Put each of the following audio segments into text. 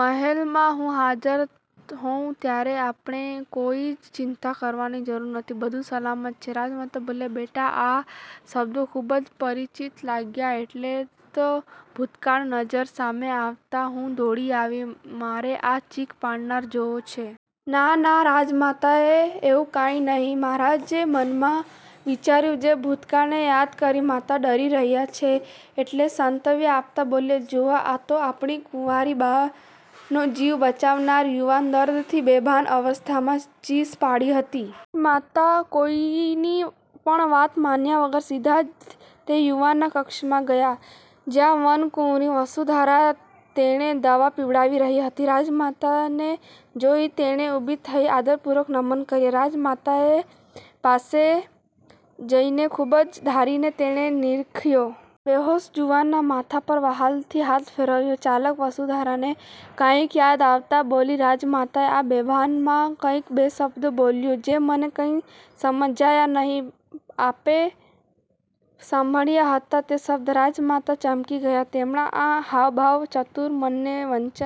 મહેલમાં હું હાજર હોઉ ત્યારે આપણે કોઈ જ ચિંતા કરવાની જરૂર નથી. બધું સલામત છે." રાજમાતાં બોલ્યાં,"બેટા મને આ શબ્દો ખુબ જ પરિચિત લાગ્યાં એટલે જ તો ભૂતકાળ નજ઼ર સામે આવતાં હું દોડી આવી, મારે આ ચીખ પાડનારને જોવો છે." "ના, ના રાજમાતા એ એવું કાંઈ નહીં." મહારાજે મનમાં વિચાર્યું જે ભૂતકાળને યાદ કરી માતા ડરી રહ્યા છે, એટલે શાંતવ્ય આપતાં બોલ્યાં," જૂઓ આ તો આપડી કુંવરીબાનો જીવ બચાવનાર યુવાન દર્દથી બેભાન અવસ્થામાં ચીસ પાડી હતી." માતાં કોઈની પણ વાત માન્યાં વગર સીધા જ તે યુવાનના કક્ષમાં ગયાં. જ્યાં વનકુંવરી વસુંધારા તેણે દવા પીવડાવી રહી હતી. રાજમાતાને જોઈ તેણે ઉભી થઈને આદરપૂર્વક નમન કર્યા. રાજમાતાએ પાસે જઈને ખુબ જ ધારીને તેને નીરખ્યો. બેહોશ જુવાનના માથા પર વહાલથી હાથ ફેરવ્યો. ચાલાક વસુંધારાને કાંઈક યાદ આવતાં બોલી,"રાજમાતાં આ બેભાનમાં કાંઈક બે શબ્દો બોલ્યો જે મને કાંઈ સમજાયાં નહીં. આપે સાંભળ્યા હતાં તે શબ્દ?" રાજમાતા ચમકી ગયાં. તેમનાં આ હાવભાવ ચતુર મનને વંચ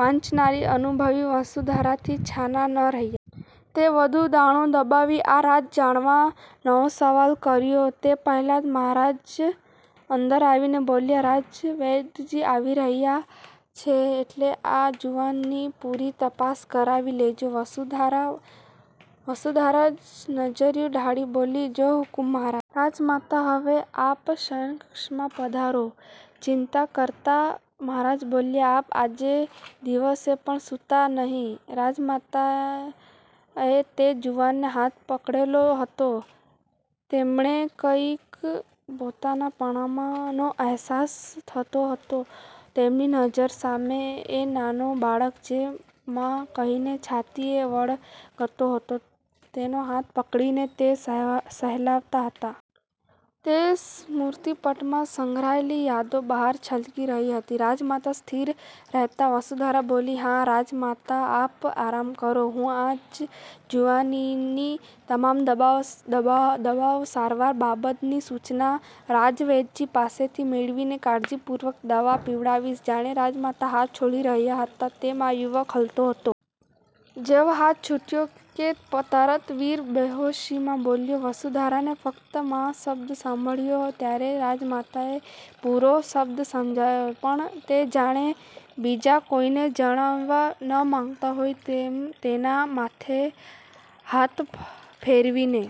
વાંચનારી અનુભવી વસુંધરાથી છાના ન રહ્યાં. તે વઘુ દાણો દબાવી આ રાજ જાણવાં નવો સવાલ કર્યો તે પહેલાં જ મહારાજ અંદર આવીને બોલ્યાં,"રાજવૈદ્યજી આવી રહ્યા છે, એટલે આ જુવાનની પુરી તપાસ કરાવી લેજો વસુધારા." વસુધારા નજર્યું ઢાળી બોલી,"જો હુકુમ મહારાજ." "રાજમાતાં હવે આપ શયનકક્ષમાં પધારો." ચિંતા કરતાં મહારાજ બોલ્યાં,"આપ આજે દિવસે પણ સૂતાં નહીં." રાજમાતાએ તે જુવાનનો હાથ પકડેલો હતો, તેમણે કાંઈક પોતાનાપણામાનો અહેસાસ થતો હતો. તેમની નજ઼ર સામે એ નાનો બાળક જે મા કહીને છાતીએ વળગતો હતો, તેનો હાથ પકડીને તે સેહ સહેલાવતાં હતાં. તે સ્મ્રૂરતિપટમાં સંઘરાયેલી યાદો બહાર છલકી રહી હતી. રાજમાતા સ્થીર રહેતા વસુંધરા બોલી,"હાં રાજમાતાં આપ આરામ કરો. હું આ જુવાનીની તમામ દવા દવા દવાઓ સારવાર બાબતની સૂચના રાજવૈદ્યજી પાસેથી મેળવીને કાળજીપૂર્વક દવા પીવડાવીશ." જાણે રાજમાતાં હાથ છોડી રહ્યાં હતાં તેમ આ યુવક હલતો હતો. જેવો હાથ છૂટ્યો કે તરત વીર બેહોશીમાં બોલ્યો, વસુધારાને ફક્ત મા શબ્દ સાંભળ્યો ત્યારે રાજમાતાને એ પૂરો શબ્દ સમજાયો, પણ તે જાણે બીજા કોઈને જણાવવા ન માગતાં હોય તેમ તેનાં માથે હાથ ફેરવીને